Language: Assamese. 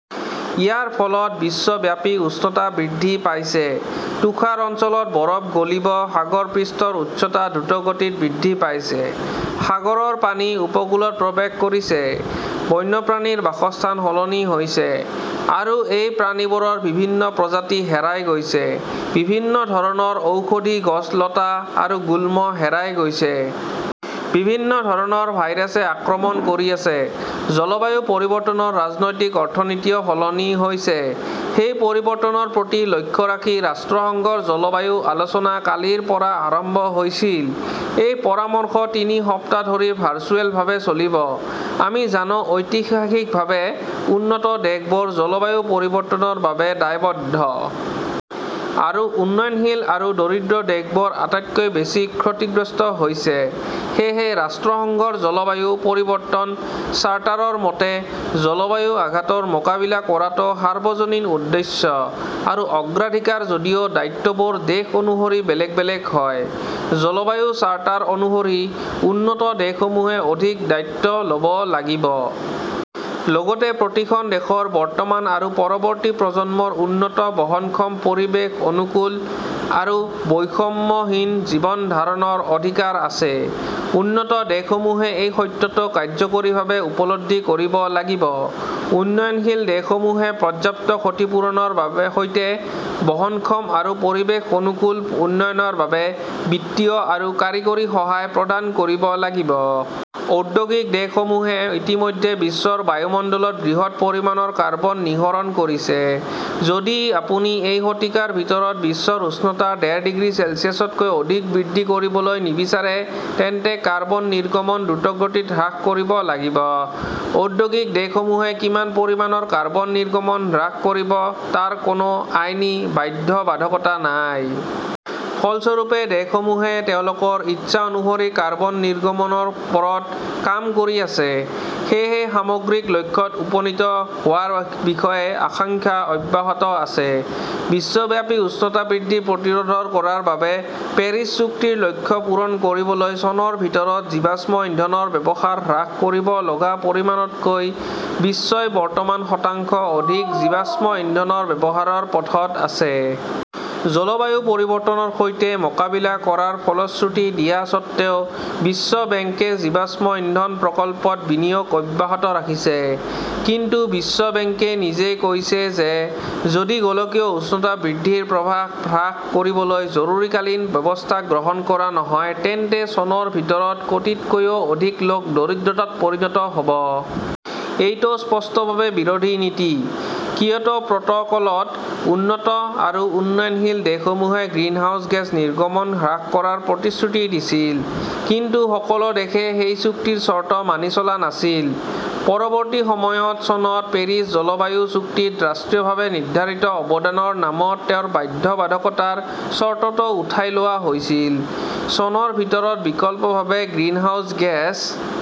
ইয়াৰ ফলত বিশ্বব্যাপী উষ্ণতা বৃদ্ধি পাইছে। তুষাৰ অঞ্চলত বৰফ গলিব। সাগৰ পৃষ্ঠৰ উচ্চতা দ্ৰুতগতিত বৃদ্ধি পাইছে। সাগৰৰ পানী উপকূলত প্ৰৱেশ কৰিছে। বন্যপ্ৰাণীৰ বাসস্থান সলনি হৈছে। আৰু এই প্ৰাণীবোৰৰ বিভিন্ন প্ৰজাতি হেৰাই গৈছে। বিভিন্ন ধৰণৰ ঔষধি গছ, লতা আৰু গুল্ম হেৰাই গৈছে। বিভিন্ন ধৰণৰ ভাইৰাছে আক্ৰমণ কৰি আছে। জলবায়ু পৰিৱৰ্তনৰ ৰাজনৈতিক অৰ্থনীতিও সলনি হৈছে। সেই পৰিৱৰ্তনৰ প্ৰতি লক্ষ্য ৰাখি ৰাষ্ট্ৰসংঘৰ জলবায়ু আলোচনা কালিৰ পৰা আৰম্ভ হৈছিল। এই পৰামৰ্শ তিনি সপ্তাহ ধৰি ভাৰ্চুৱেলভাৱে চলিব। আমি জানো, ঐতিহাসিকভাৱে উন্নত দেশবোৰ জলবায়ু পৰিৱৰ্তনৰ বাবে দায়বদ্ধ। আৰু উন্নয়নশীল আৰু দৰিদ্ৰ দেশবোৰ আটাইতকৈ বেছি ক্ষতিগ্ৰস্ত হৈছে। সেয়েহে, ৰাষ্ট্ৰসংঘৰ জলবায়ু পৰিৱৰ্তন চাৰ্টাৰৰ মতে, জলবায়ু আঘাতৰ মোকাবিলা কৰাটো সাৰ্বজনীন উদ্দেশ্য আৰু অগ্ৰাধিকাৰ যদিও দায়িত্ববোৰ দেশ অনুসৰি বেলেগ বেলেগ হয়। জলবায়ু চাৰ্টাৰ অনুসৰি উন্নত দেশসমূহে অধিক দায়িত্ব ল "ব লাগিব। লগতে, প্ৰতিখন দেশৰ বৰ্তমান আৰু পৰৱৰ্তী প্ৰজন্মৰ উন্নত, বহনক্ষম, পৰিৱেশ অনুকূল আৰু বৈষম্যহীন জীৱন ধাৰণৰ অধিকাৰ আছে-উন্নত দেশসমূহে এই সত্যটো কাৰ্যকৰীভাৱে উপলব্ধি কৰিব লাগিব। উন্নয়নশীল দেশসমূহে পৰ্যাপ্ত ক্ষতিপূৰণৰ সৈতে বহনক্ষম আৰু পৰিৱেশ অনুকূল উন্নয়নৰ বাবে বিত্তীয় আৰু কাৰিকৰী সহায় প্ৰদান কৰিব লাগিব। ঔদ্যোগিক দেশসমূহে ইতিমধ্যে বিশ্বৰ বায়ুমণ্ডলত বৃহৎ পৰিমাণৰ কাৰ্বন নিঃসৰণ কৰিছে। যদি আপুনি এই শতিকাৰ ভিতৰত বিশ্বৰ উষ্ণতা ডেৰ ডিগ্ৰী চেলছিয়াছতকৈ অধিক বৃদ্ধি কৰিবলৈ নিবিচাৰে তেন্তে কাৰ্বন নিৰ্গমন দ্ৰুতগতিত হ্ৰাস কৰিব লাগিব। ঔদ্যোগিক দেশসমূহে কিমান পৰিমাণৰ কাৰ্বন নিৰ্গমন হ্ৰাস কৰিব তাৰ কোনো আইনী বাধ্যবাধকতা নাই। ফলস্বৰূপে, দেশসমূহে তেওঁলোকৰ ইচ্ছা অনুসৰি কাৰ্বন নিৰ্গমনৰ ওপৰত কাম কৰি আছে। সেয়েহে সামগ্ৰিক লক্ষ্যত উপনীত হোৱাৰ বিষয়ে আশংকা অব্যাহত আছে। বিশ্বব্যাপী উষ্ণতা বৃদ্ধি প্ৰতিৰোধ কৰাৰ বাবে পেৰিছ চুক্তিৰ লক্ষ্য পূৰণ কৰিবলৈ চনৰ ভিতৰত জীৱাশ্ম ইন্ধনৰ ব্যৱহাৰ হ্ৰাস কৰিব লগা পৰিমাণতকৈ বিশ্বই বৰ্তমান শতাংশ অধিক জীৱাশ্ম ইন্ধনৰ ব্যৱহাৰৰ পথত আছে। জলবায়ু পৰিৱৰ্তনৰ সৈতে মোকাবিলা কৰাৰ প্ৰতিশ্ৰুতি দিয়া স্বত্বেও বিশ্ব বেংকে জীৱাশ্ম ইন্ধন প্ৰকল্পত বিনিয়োগ অব্যাহত ৰাখিছে। কিন্তু বিশ্ব বেংকে নিজেই কৈছে যে যদি গোলকীয় উষ্ণতা বৃদ্ধিৰ প্ৰভাৱ হ্ৰাস কৰিবলৈ জৰুৰীকালীন ব্যৱস্থা গ্ৰহণ কৰা নহয় তেন্তে চনৰ ভিতৰত কোটিতকৈও অধিক লোক দৰিদ্ৰতাত পৰিণত হ 'ব। এইটো স্পষ্টভাৱে বিৰোধী নীতি। কিয়োটো প্ৰট "কলত উন্নত আৰু উন্নয়নশীল দেশসমূহে গ্ৰিনহাউজ গেছ নিৰ্গমন হ্ৰাস কৰাৰ প্ৰতিশ্ৰুতি দিছিল। কিন্তু সকলো দেশে সেই চুক্তিৰ চৰ্ত মানি চলা নাছিল। পৰৱৰ্তী সময়ত চনত পেৰিছ জলবায়ু চুক্তিত 'ৰাষ্ট্ৰীয়ভাৱে নিৰ্ধাৰিত অৱদান " ৰ নামত তেওঁৰ বাধ্যবাধকতাৰ চৰ্তটো উঠাই লোৱা হৈছিল। চনৰ ভিতৰত বিকল্পভাৱে গ্ৰিনহাউজ গেছ